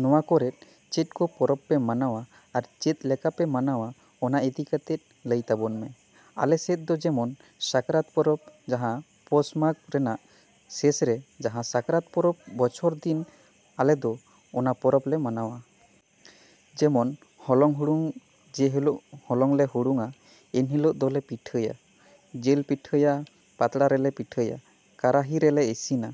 ‎ᱱᱚᱣᱟ ᱠᱚᱨᱮᱫ ᱪᱮᱫ ᱠᱚ ᱯᱚᱨᱚᱵᱽ ᱯᱮ ᱢᱟᱱᱟᱣᱟ ᱟᱨ ᱪᱮᱫ ᱞᱮᱠᱟᱯᱮ ᱢᱟᱱᱟᱣᱟ ᱚᱱᱟ ᱤᱫᱤ ᱠᱟᱛᱮᱫ ᱞᱟᱹᱭ ᱛᱟᱵᱚᱱ ᱢᱮ᱾ ᱟᱞᱮ ᱥᱮᱫ ᱫᱚ ᱡᱮᱢᱚᱱ ᱥᱟᱠᱨᱟᱛ ᱯᱚᱨᱚᱵᱽ ᱡᱟᱦᱟᱸ ᱯᱚᱥ ᱢᱟᱜᱽ ᱨᱮᱱᱟᱜ ᱥᱮᱥᱨᱮ ᱡᱟᱦᱟᱸ ᱥᱟᱠᱨᱟᱛ ᱯᱚᱨᱚᱵᱽ ᱵᱚᱪᱷᱚᱨ ᱫᱤᱱ ᱟᱞᱮ ᱫᱚ ᱚᱱᱟ ᱯᱚᱨᱚᱵᱽ ᱞᱮ ᱢᱟᱱᱟᱣᱟ᱾ ᱡᱮᱢᱚᱱ ᱦᱚᱞᱚᱝ ᱦᱩᱲᱩᱝ ᱡᱮ ᱦᱤᱞᱚᱜ ᱦᱚᱞᱚᱝ ᱞᱮ ᱦᱩᱲᱩᱝ ᱟ ᱤᱱ ᱦᱤᱞᱚᱜ ᱫᱚᱞᱮ ᱯᱤᱴᱷᱟᱹᱭᱟ᱾ ᱡᱤᱞ ᱯᱤᱴᱷᱟᱹ ᱯᱟᱛᱲᱟ ᱨᱮᱞᱮ ᱯᱤᱴᱷᱟᱹᱭᱟ, ᱠᱟᱨᱟᱦᱤᱨᱮᱞᱮ ᱤᱥᱤᱱᱟ᱾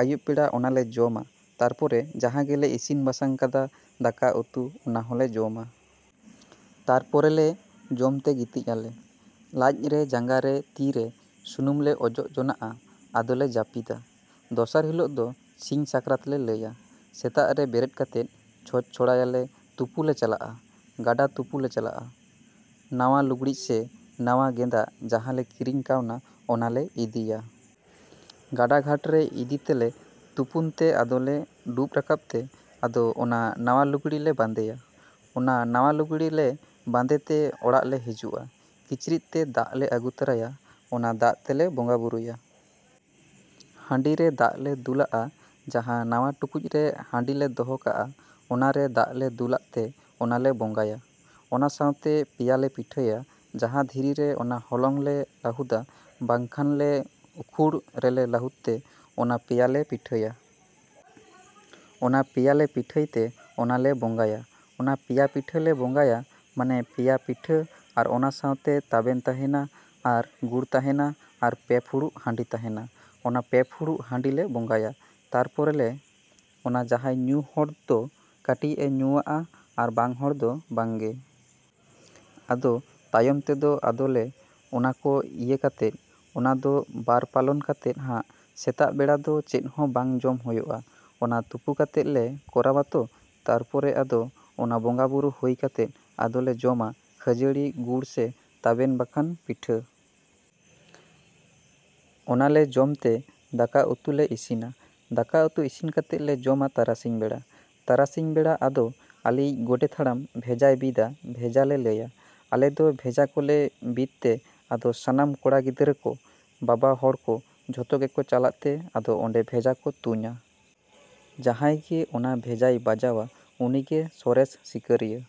ᱟᱹᱭᱩᱵ ᱵᱮᱲᱟ ᱚᱱᱟᱞᱮ ᱡᱚᱢᱟ᱾ ᱛᱟᱨᱯᱚᱨᱮ ᱡᱟᱦᱟᱸ ᱜᱮᱞᱮ ᱤᱥᱤᱱ ᱵᱟᱥᱟᱝ ᱠᱟᱫᱟ ᱫᱟᱠᱟ ᱩᱛᱩ ᱚᱱᱟ ᱦᱚᱸᱞᱮ ᱡᱚᱢᱟ᱾ ᱛᱟᱨᱯᱚᱨᱮᱞᱮ ᱡᱚᱢ ᱛᱮ ᱜᱤᱛᱤᱡᱼᱟᱞᱮ᱾ ᱞᱟᱡᱨᱮ, ᱡᱟᱸᱜᱟᱨᱮ, ᱛᱤ ᱨᱮ ᱥᱩᱱᱩᱢᱞᱮ ᱚᱡᱚᱜ ᱡᱚᱱᱟᱜᱼᱟ ᱟᱫᱚᱞᱮ ᱡᱟᱹᱯᱤᱫᱟ᱾ ᱫᱚᱥᱟᱨ ᱦᱤᱞᱚᱜ ᱫᱚ ᱥᱤᱧ ᱥᱟᱠᱨᱟᱛ ᱞᱮ ᱞᱟᱹᱭᱟ᱾ ᱥᱮᱛᱟᱜ ᱨᱮ ᱵᱮᱨᱮᱫ ᱠᱟᱛᱮᱫ ᱪᱷᱚᱸᱪ ᱪᱷᱚᱲᱟᱭᱟᱞᱮ, ᱛᱩᱯᱩᱞᱮ ᱪᱟᱞᱟᱜᱼᱟ᱾ ᱜᱟᱰᱟ ᱛᱩᱯᱩᱞᱮ ᱪᱟᱞᱟᱜᱼᱟ᱾ ᱱᱟᱣᱟ ᱞᱩᱜᱽᱲᱤᱡ ᱥᱮ ᱱᱟᱣᱟ ᱜᱮᱸᱫᱟᱜ ᱡᱟᱦᱟᱸ ᱞᱮ ᱠᱤᱨᱤᱧ ᱠᱟᱣᱱᱟ ᱚᱱᱟᱞᱮ ᱤᱫᱤᱭᱟ᱾ ᱜᱟᱰᱟ ᱜᱷᱟᱴᱨᱮ ᱤᱫᱤ ᱛᱮᱞᱮ ᱛᱩᱯᱩᱱ ᱛᱮ ᱟᱫᱚᱞᱮ ᱰᱩᱵᱽ ᱨᱟᱠᱟᱵ ᱛᱮ ᱟᱫᱚ ᱚᱱᱟ ᱱᱟᱣᱟ ᱞᱩᱜᱽᱲᱤᱡᱞᱮ ᱵᱟᱸᱫᱮᱭᱟ᱾ ᱚᱱᱟ ᱱᱟᱣᱟ ᱞᱩᱜᱽᱲᱤᱡ ᱞᱮ ᱵᱟᱸᱫᱮ ᱛᱮ ᱚᱲᱟᱜ ᱞᱮ ᱦᱤᱡᱩᱜᱼᱟ᱾ ᱠᱤᱪᱨᱤᱫ ᱛᱮ ᱫᱟᱜ ᱞᱮ ᱟᱹᱜᱩ ᱛᱚᱨᱟᱭᱟ᱾ ᱚᱱᱟ ᱫᱟᱜ ᱛᱮᱞᱮ ᱵᱚᱸᱜᱟᱼᱵᱩᱨᱩᱭᱟ᱾ ᱦᱟᱺᱰᱤ ᱨᱮ ᱫᱟᱜ ᱞᱮ ᱫᱩᱞᱟᱜᱼᱟ ᱡᱟᱦᱟᱸ ᱱᱟᱣᱟ ᱴᱩᱠᱩᱡ ᱨᱮ ᱦᱟᱺᱰᱤ ᱞᱮ ᱫᱚᱦᱚ ᱠᱟᱜᱼᱟ ᱚᱱᱟᱨᱮ ᱫᱟᱜ ᱞᱮ ᱫᱩᱞᱟᱜ ᱛᱮ ᱚᱱᱟᱞᱮ ᱵᱚᱸᱜᱟᱭᱟ᱾ ᱚᱱᱟ ᱥᱟᱶᱛᱮ ᱯᱮᱭᱟᱞᱮ ᱯᱤᱴᱷᱟᱹᱭᱟ ᱡᱟᱦᱟᱸ ᱫᱷᱤᱨᱤ ᱨᱮ ᱚᱱᱟ ᱦᱚᱞᱚᱝ ᱞᱮ ᱞᱟᱹᱦᱩᱫᱟ ᱵᱟᱠᱷᱟᱱ ᱞᱮ ᱩᱠᱷᱩᱲ ᱨᱮᱞᱮ ᱞᱟᱹᱦᱩᱫ ᱛᱮ ᱚᱱᱟ ᱯᱮᱭᱟᱞᱮ ᱯᱤᱴᱷᱟᱹᱭᱟ᱾ ᱚᱱᱟ ᱯᱮᱭᱟᱞᱮ ᱯᱤᱴᱷᱟᱹᱭᱛᱮ ᱚᱱᱟᱞᱮ ᱵᱚᱸᱜᱟᱭᱟ᱾ ᱚᱱᱟ ᱯᱮᱭᱟ ᱯᱤᱴᱷᱟᱹᱞᱮ ᱵᱚᱸᱜᱟᱭᱟ ᱢᱟᱱᱮ ᱯᱮᱭᱟ ᱯᱤᱴᱷᱟᱹ ᱟᱨ ᱚᱱᱟ ᱥᱟᱶᱛᱮ ᱛᱟᱵᱮᱱ ᱛᱟᱦᱮᱱᱟ ᱟᱨ ᱜᱩᱲ ᱛᱟᱦᱮᱱᱟ ᱟᱨ ᱯᱮ ᱯᱷᱩᱲᱩᱜ ᱦᱟᱺᱰᱤ ᱛᱟᱦᱮᱱᱟ᱾ ᱚᱱᱟ ᱯᱮ ᱯᱷᱩᱲᱩᱜ ᱦᱟᱺᱰᱤᱞᱮ ᱵᱚᱸᱜᱟᱭᱟ᱾ ᱛᱟᱨᱯᱚᱨᱮ ᱞᱮ ᱚᱱᱟ ᱡᱟᱦᱟᱸᱭ ᱧᱩ ᱦᱚᱲ ᱫᱚ ᱠᱟᱹᱴᱤᱡᱼᱮ ᱧᱩᱣᱟᱜᱼᱟ ᱟᱨ ᱵᱟᱝ ᱦᱚᱲ ᱫᱚ ᱵᱟᱝ ᱜᱮ᱾ ᱟᱫᱚ ᱛᱟᱭᱚᱢ ᱛᱮᱫᱚ ᱟᱫᱚᱞᱮ ᱚᱱᱟ ᱠᱚ ᱤᱭᱟᱹ ᱠᱟᱛᱮᱫ ᱚᱱᱟ ᱫᱚ ᱵᱟᱨ ᱯᱟᱞᱚᱱ ᱠᱟᱛᱮᱫ ᱦᱟᱸᱜ ᱥᱮᱛᱟᱜ ᱵᱮᱲᱟ ᱫᱚ ᱪᱮᱫ ᱦᱚᱸ ᱵᱟᱝ ᱡᱚᱢ ᱦᱩᱭᱩᱜᱼᱟ ᱚᱱᱟ ᱛᱩᱯᱩ ᱠᱟᱛᱮᱫ ᱞᱮ ᱠᱚᱨᱟᱣ ᱟᱛᱚ ᱛᱟᱨᱯᱚᱨᱮ ᱟᱫᱚ ᱚᱱᱟ ᱵᱚᱸᱜᱟᱼᱵᱩᱨᱩ ᱦᱩᱭ ᱠᱟᱛᱮᱫ ᱟᱫᱚᱞᱮ ᱡᱚᱢᱟ ᱠᱷᱟᱹᱡᱟᱲᱤ ᱜᱩᱲ ᱥᱮ ᱛᱟᱵᱮᱱ ᱵᱟᱠᱷᱟᱱ ᱯᱤᱴᱷᱟᱹ᱾ ᱚᱱᱟᱞᱮ ᱡᱚᱢ ᱛᱮ ᱫᱟᱠᱟ ᱩᱛᱩᱞᱮ ᱤᱥᱤᱱᱟ᱾ ᱫᱟᱠᱟ ᱩᱛᱩ ᱤᱥᱤᱱ ᱠᱟᱛᱮᱫ ᱞᱮ ᱡᱚᱢᱟ ᱛᱟᱨᱟᱥᱤᱧ ᱵᱮᱲᱟ᱾ ᱛᱟᱨᱟᱥᱤᱧ ᱵᱮᱲᱟ ᱟᱫᱚ ᱟᱞᱮᱭᱤᱡ ᱜᱳᱰᱮᱛ ᱦᱟᱲᱟᱢ ᱵᱷᱮᱡᱟᱭ ᱵᱤᱫᱟ ᱵᱷᱮᱡᱟ ᱞᱮ ᱞᱟᱹᱭᱟ᱾ ᱟᱞᱮ ᱫᱚ ᱵᱷᱮᱡᱟ ᱠᱚᱞᱮ ᱵᱤᱫ ᱛᱮ ᱟᱫᱚ ᱥᱟᱱᱟᱢ ᱠᱚᱲᱟ ᱜᱤᱫᱽᱨᱟᱹ ᱠᱚ, ᱵᱟᱵᱟ ᱦᱚᱲ ᱠᱚ ᱡᱷᱚᱛᱚ ᱜᱮᱠᱚ ᱪᱟᱞᱟᱜ ᱛᱮ ᱟᱫᱚ ᱚᱸᱰᱮ ᱵᱷᱮᱡᱟ ᱠᱚ ᱛᱩᱧᱟ᱾ ᱡᱟᱦᱟᱸᱭ ᱜᱮ ᱚᱱᱟ ᱵᱷᱮᱡᱟᱭ ᱵᱟᱡᱟᱣ ᱟ ᱩᱱᱤ ᱜᱮ ᱥᱚᱨᱮᱥ ᱥᱤᱠᱟ.ᱨᱤᱭᱟ.᱾